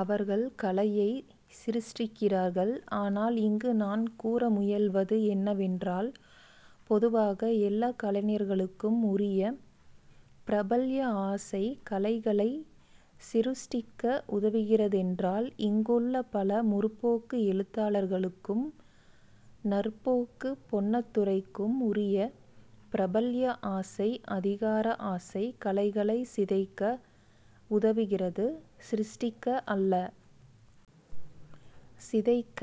அவர்கள் கலையைச் சிருஷ்டிக்கிறார்கள். ஆனால் இங்கு நான் கூற முயல்வது என்னவென்றால் பொதுவாக எல்லாக் கலைஞர்களுக்கும் உரிய பிரபல்ய ஆசை கலைகளைச் சிருஷ்டிக்க உதவுகிறதென்றால் இங்குள்ள பல 'முற்போக்கு' எழுத்தாளர்களுக்கும் 'நற்போக்கு' பொன்னத்துரைக்கும் உரிய பிரபல்ய ஆசை அதிகார ஆசை கலைகளைச் சிதைக்க உதவுகிறது. சிருஷ்டிக்க அல்ல. சிதைக்க!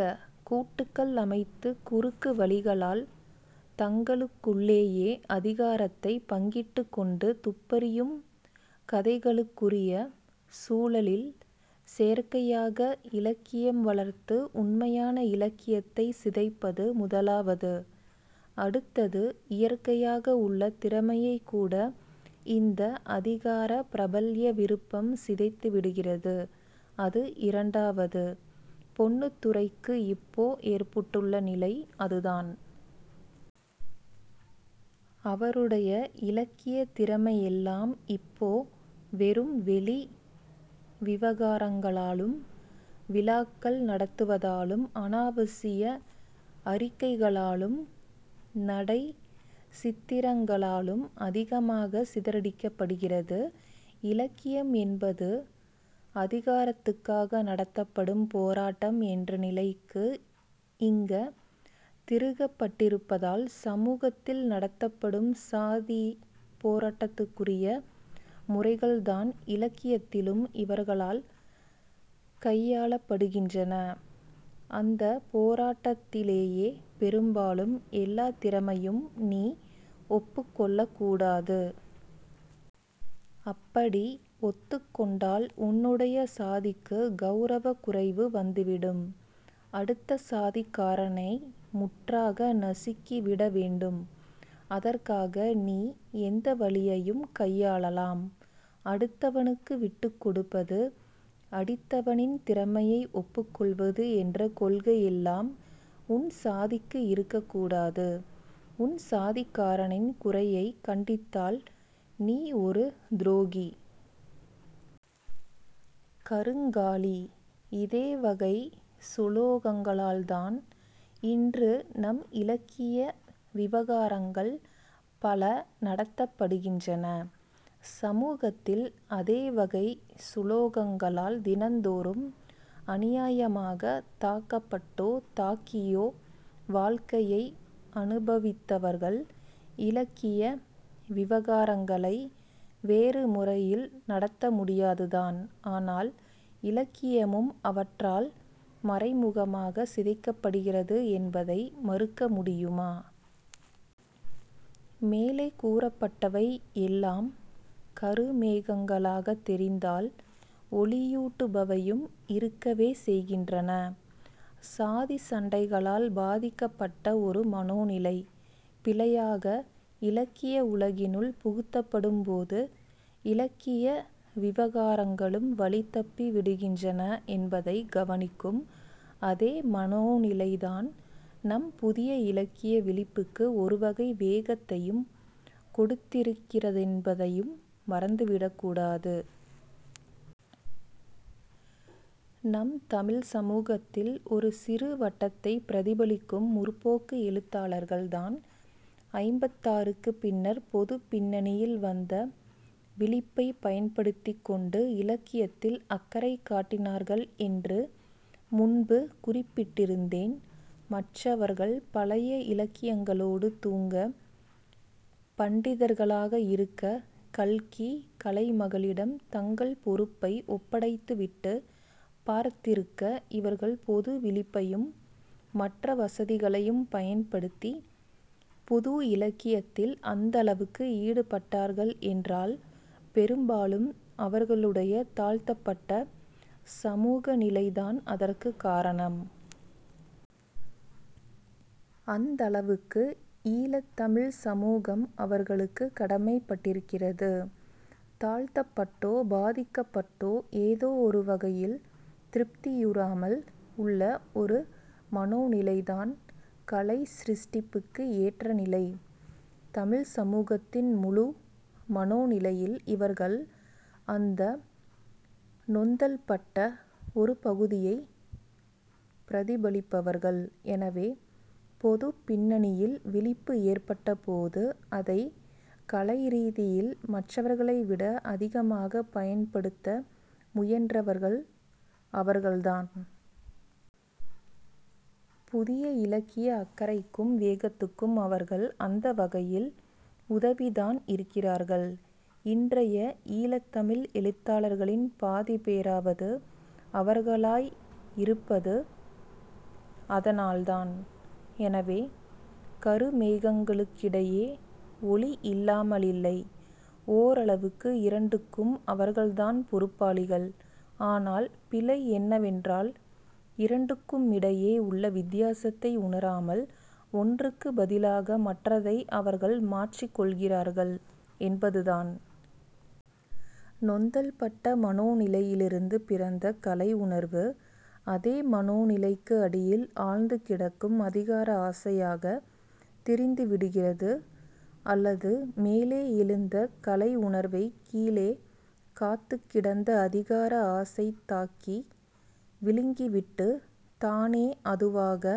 கூட்டுகள் அமைத்து குறுக்கு வழிகளால் தங்களுக்குள்ளேயே அதிகாரத்தைப் பங்கிட்டுக்கொண்டு துப்பறியும் கதைகளுக்குரிய சூழலில் செயற்கையாக இலக்கியம் வளர்த்து உண்மையான இலக்கியத்தைச் சிதைப்பது முதலாவது. அடுத்தது, இயற்கையாக உள்ள திறமையைக் கூட இந்த அதிகார பிரபல்ய விருப்பம் சிதைத்து விடுகிறது. அது இரண்டாவது. பொன்னுத்துரைக்கு இப்போ ஏற்பட்டுள்ள நிலை அதுதான். அவருடைய இலக்கியத் திறமையெல்லாம் இப்போ வெறும் வெளி விவகாரங்களாலும் விழாக்கள் நடத்துவதாலும் அனாவசிய அறிக்கைகளாலும் நடைச் சித்திரங்களாலும் அதிகமாகச் சிதறடிக்கப்படுகிறது. இலக்கியம் என்பது அதிகாரத்துக்காக நடத்தப்படும் போராட்டம் என்ற நிலைக்கு இங்க திருகப்பட்டிருப்பதால், சமூகத்தில் நடத்தப்படும் சாதிப் போராட்டத்துக்குரிய முறைகள்தான் இலக்கியத்திலும் இவர்களால் கையாளப்படுகின்றன. அந்தப் போராட்டத்திலேயே பெரும்பாலும் எல்லாத் திறமையும் நீ ஒப்புக்கொள்ளக் கூடாது. அப்படி ஒத்துக்கொண்டால் உன்னுடைய சாதிக்குக் கௌரவக் குறைவு வந்துவிடும். அடுத்த சாதிக்காரனை முற்றாக நசுக்கிவிட வேண்டும். அதற்காக நீ எந்தவழியையும் கையாளலாம். அடுத்தவனுக்கு விட்டுக்கொடுப்பது, அடித்தவனின் திறமையை ஒப்புக்கொள்வது என்ற கொள்கையெல்லாம் உன் சாதிக்கு இருக்கக் கூடாது. உன் சாதிக்காரனின் குறையைக் கண்டித்தால் நீ ஒரு துரோகி. கருங்காலி. இதே வகைச் சுலோகங்களால்தான் இன்று நம் இலக்கிய விவகாரங்கள் பல நடத்தப்படுகின்றன. சமூகத்தில் அதே வகைச் சுலோகங்களால் தினந்தோறும் அநியாயமாகத் தாக்கப்பட்டோ, தாக்கியோ வாழ்க்கையை அனுபவித்தவர்கள் இலக்கிய விவகாரங்களை வேறு முறையில் நடத்த முடியாதுதான். ஆனால் இலக்கியமும் அவற்றால் மறைமுகமாகச் சிதைக்கப்படுகிறது என்பதை மறுக்க முடியுமா? மேலே கூறப்பட்டவை எல்லாம் கருமேகங்களாகத் தெரிந்தால் ஒளியூட்டுபவையும் இருக்கவே செய்கின்றன. சாதிச் சண்டைகளால் பாதிக்கப்பட்ட ஒரு மனோ நிலை, பிழையாக இலக்கிய உலகினுள் புகுத்தப்படும்போது இலக்கிய விவகாரங்களும் வழிதப்பி விடுகின்றன என்பதைத் கவனிக்கும் அதே மனோநிலைதான் நம் புதிய இலக்கிய விழிப்புக்கு ஒருவகை வேகத்தையும் கொடுத்திருக்கிறதென்பதையும் மறந்துவிடக்கூடாது. நம் தமிழ்ச் சமூகத்தில் ஒரு சிறு வட்டத்தைப் பிரதிபலிக்கும் 'முற்போக்கு' எழுத்தாளர்கள் தான் ஐம்பத்தாறுக்குப் பின்னர் பொதுப் பின்னணியில் வந்த விழிப்பைப் பயன்படுத்திக்கொண்டு இலக்கியத்தில் அக்கறை காட்டினார்கள் என்று முன்பு குறிப்பிட்டிருந்தேன். மற்றவர்கள் பழைய இலக்கியங்களோடு தூங்க, பண்டிதர்களாக இருக்க, 'கல்கி,' 'கலைமகளி'டம் தங்கள் பொறுப்பை ஒப்படைத்துவிட்டுப் பார்த்திருக்க, இவர்கள் பொது விழிப்பையும் மற்ற வசதிகளையும் பயன்படுத்தி புது இலக்கியத்தில் அந்தளவுக்கு ஈடுபட்டார்கள் என்றால் பெரும்பாலும் அவர்களுடைய தாழ்த்தப்பட்ட சமூக நிலைதான் அதற்குக் காரணம். அந்தளவுக்கு ஈழத் தமிழ்ச் சமூகம் அவர்களுக்குக் கடமைப்பட்டிருக்கிறது. தாழ்த்தப்பட்டோ பாதிக்கப்பட்டோ ஏதோ ஒரு வகையில் திருப்தியுறாமல் உள்ள ஒரு மனோநிலைதான் கலை சிருஷ்டிப்புக்கு ஏற்ற நிலை. தமிழ்ச் சமூகத்தின் முழு மனோநிலையில் இவர்கள் அந்த நொந்தல்பட்ட ஒரு பகுதியைப் பிரதிபலிப்பவர்கள். எனவே, பொதுப் பின்னணியில் விழிப்பு ஏற்பட்டபோது அதைக் கலை ரீதியில் மற்றவர்களை விட அதிகமாகப் பயன்படுத்த முயன்றவர்கள் அவர்கள்தான். புதிய இலக்கிய அக்கறைக்கும் வேகத்துக்கும் அவர்கள் அந்த வகையில் உதவித்தான் இருக்கிறார்கள். இன்றைய ஈழத் தமிழ் எழுத்தாளர்களின் பாதிப் பேராவது அவர்களாய் இருப்பது அதனால்தான். எனவே, கருமேகங்களுக்கிடையே ஒளி இல்லாமலில்லை. ஓரளவுக்கு இரண்டுக்கும் அவர்கள்தான் பொறுப்பாளிகள். ஆனால் பிழை என்னவென்றால் இரண்டுக்குமிடையே உள்ள வித்தியாசத்தை உணராமல் ஒன்றுக்குப் பதிலாக மற்றதை அவர்கள் மாற்றிக்கொள்கிறார்கள் என்பதுதான். நொந்தல்பட்ட மனோநிலையிலிருந்து பிறந்த கலை உணர்வு அதே மனோநிலைக்கு அடியில் ஆழ்ந்து கிடக்கும் அதிகார ஆசையாகத் திரிந்து விடுகிறது. அல்லது மேலே எழுந்த கலை உணர்வை கீழே காத்துக் கிடந்த அதிகார ஆசை தாக்கி விழுங்கிவிட்டு, தானே அதுவாக